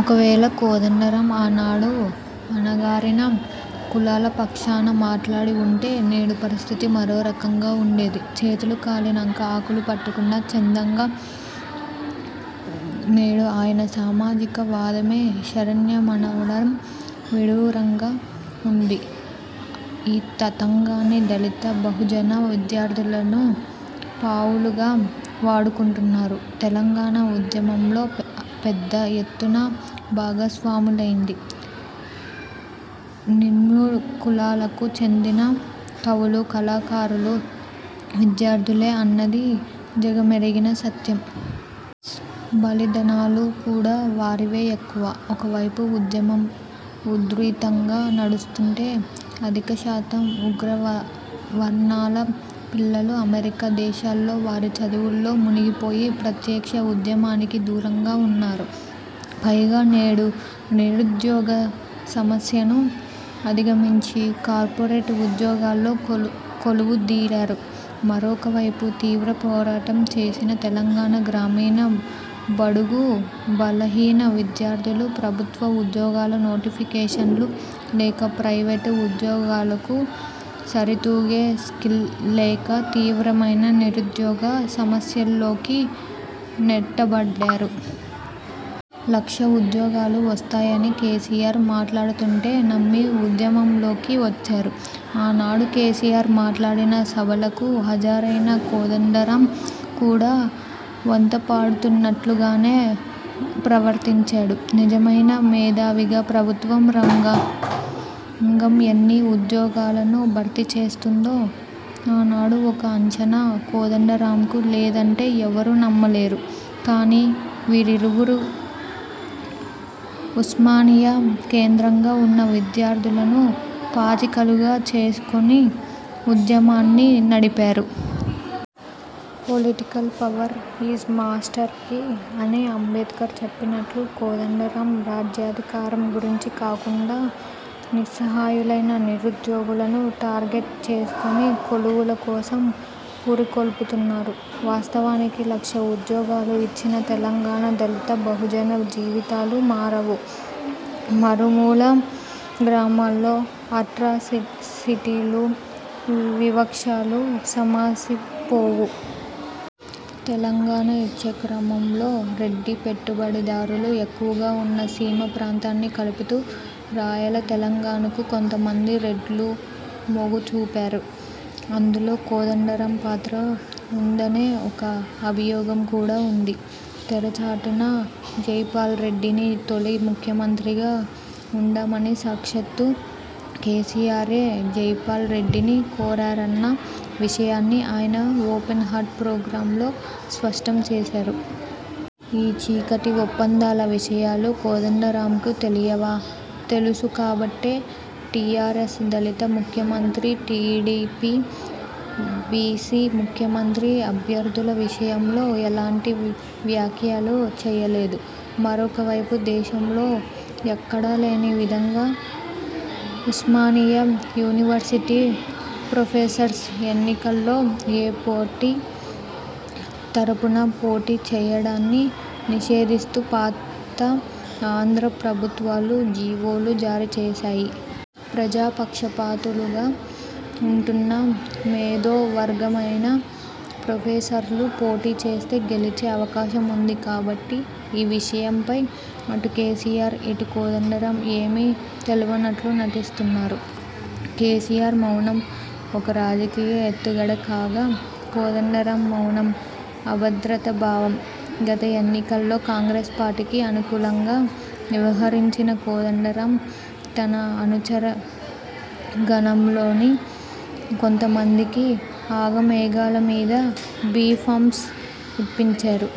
ఒకవేళ కోదండరాం ఆనాడు అణగారిన కులాల పక్షాన మాట్లాడి ఉంటే నేడు పరిస్థితి మరోరకంగా ఉండేది. చేతులు కాలినంక ఆకులు పట్టుకున్న చందంగా నేడు ఆయన సామాజిక వాదమే శరణ్యమనడం విడ్డూరంగా ఉంది. ఈ తతంగానికి దళిత, బహుజన విద్యార్థులను పావులుగా వాడుకుంటున్నారు. తెలంగాణ ఉద్యమంలో పెద్ద ఎత్తున భాగస్వాములైంది నిమ్నకులాలకు చెందిన కవులు, కళాకారులు, విద్యార్థులే అన్నది జగమెరిగిన సత్యం. బలిదానాలు కూడా వారివే ఎక్కువ. ఒకవైపు ఉద్యమం ఉధృతంగా నడుస్తుంటే, అధికశాతం ఉగ్రవర్ణాల పిల్లలు అమెరికా దేశాల్లో వారి చదువుల్లో మునిగిపోయి ప్రత్యక్ష ఉద్యమానికి దూరంగా ఉన్నారు. పైగా నేడు నిరుద్యోగ సమస్యను అధిగమించి కార్పొరేట్ ఉద్యోగాల్లో కొలువు దీరారు. మరొకవైపు తీవ్ర పోరాటం చేసిన తెలంగాణ గ్రామీణ బడుగు, బలహీన విద్యార్థులు ప్రభుత్వ ఉద్యోగాల నోటిఫికేషన్లు లేక, ప్రైవేటు ఉద్యోగాలకు సరితూగే స్కిల్ లేక తీవ్రమైన నిరుద్యోగ సమస్యలోకి నెట్టబడ్డారు. లక్ష ఉద్యోగాలు వస్తాయని కేసీఆర్ మాట్లాడుతుంటే నమ్మి ఉద్యమంలోకి వచ్చారు. ఆనాడు కేసీఆర్ మాట్లాడిన సభలకు హాజరైన కోదండరాం కూడా వంతపాడుతున్నట్లుగానే ప్రవర్తించాడు. నిజమైన మేధావిగా ప్రభుత్వ రంగం ఎన్ని ఉద్యోగాలను భర్తీ చేస్తుందో ఆనాడు ఒక అంచనా కోదండరాంకు లేదంటే ఎవరూ నమ్మలేరు. కానీ వీరిరువురూ ఉస్మానియా కేంద్రంగా ఉన్న విద్యార్థులను పాచికలుగా చేసుకుని ఉద్యమాన్ని నడిపారు. 'Political power is master key' అని అంబేడ్కర్ చెప్పినట్లు కోదండరాం రాజ్యాధికారం గురించి కాకుండా నిస్సహాయులైన నిరుద్యోగులను టార్గెట్ చేసుకుని కొలువుల కోసం పురికొల్పుతున్నారు. వాస్తవానికి లక్ష ఉద్యోగాలు ఇచ్చినా తెలంగాణ దళిత, బహుజన జీవితాలు మారవు. మరుమూల గ్రామాల్లో అట్రాసిటీలు, వివక్షలు సమసిపోవు. తెలంగాణ ఇచ్చే క్రమంలో రెడ్డి పెట్టుబడిదారులు ఎక్కువగా ఉన్న సీమ ప్రాంతాన్ని కలుపుతూ రాయల తెలంగాణకు కొంతమంది రెడ్లు మొగ్గు చూపారు. అందులో కోదండరాం పాత్ర ఉందనే ఒక అభియోగం కూడా ఉంది. తెరచాటున జైపాల్రెడ్డిని తొలి ముఖ్యమంత్రిగా ఉండమని సాక్షాత్తూ కేసీఆరే జైపాల్ రెడ్డిని కోరారన్న విషయాన్ని ఆయన 'ఓపెన్ హార్ట్' ప్రోగ్రాంలో స్పష్టం చేశారు. ఈ చీకటి ఒప్పందాల విషయాలు కోదండరాంకు తెలియవా? తెలుసు కాబట్టే టీఆర్ఎస్ దళిత ముఖ్యమంత్రి, టీడీపీ బీసీ ముఖ్యమంత్రి అభ్యర్థుల విషయంలో ఎలాంటి వ్యాఖ్యలు చేయలేదు. మరొక వైపు దేశంలో ఎక్కడా లేని విధంగా ఉస్మానియా యూవివర్సిటీ ప్రొఫెసర్స్ ఎన్నికల్లో ఏ పార్టీ తరఫున పోటీ చేయడాన్ని నిషేధిస్తూ పాత ఆంధ్రా ప్రభుత్వాలు జీవోలు జారీ చేసాయి. ప్రజా పక్షపాతులుగా ఉంటున్న మేధో వర్గమైన ప్రొఫెసర్లు పోటీ చేస్తే గెలిచే అవకాశం ఉంది కాబట్టి ఈ విషయంపై అటు కేసీఆర్, ఇటు కోదండరాం ఏమీ తెల్వనట్లు నటిస్తున్నారు. కేసీఆర్ మౌనం ఒక రాజకీయ ఎత్తుగడ కాగా, కోదండరాం మౌనం అభద్రతా భావం. గత ఎన్నికల్లో కాంగ్రెస్ పార్టీకి అనుకూలంగా వ్యవహరించిన కోదండరాం తన అనుచరగణంలోని కొంతమందికి ఆగమేఘాల మీద బీ ఫామ్స్ ఇప్పించారు.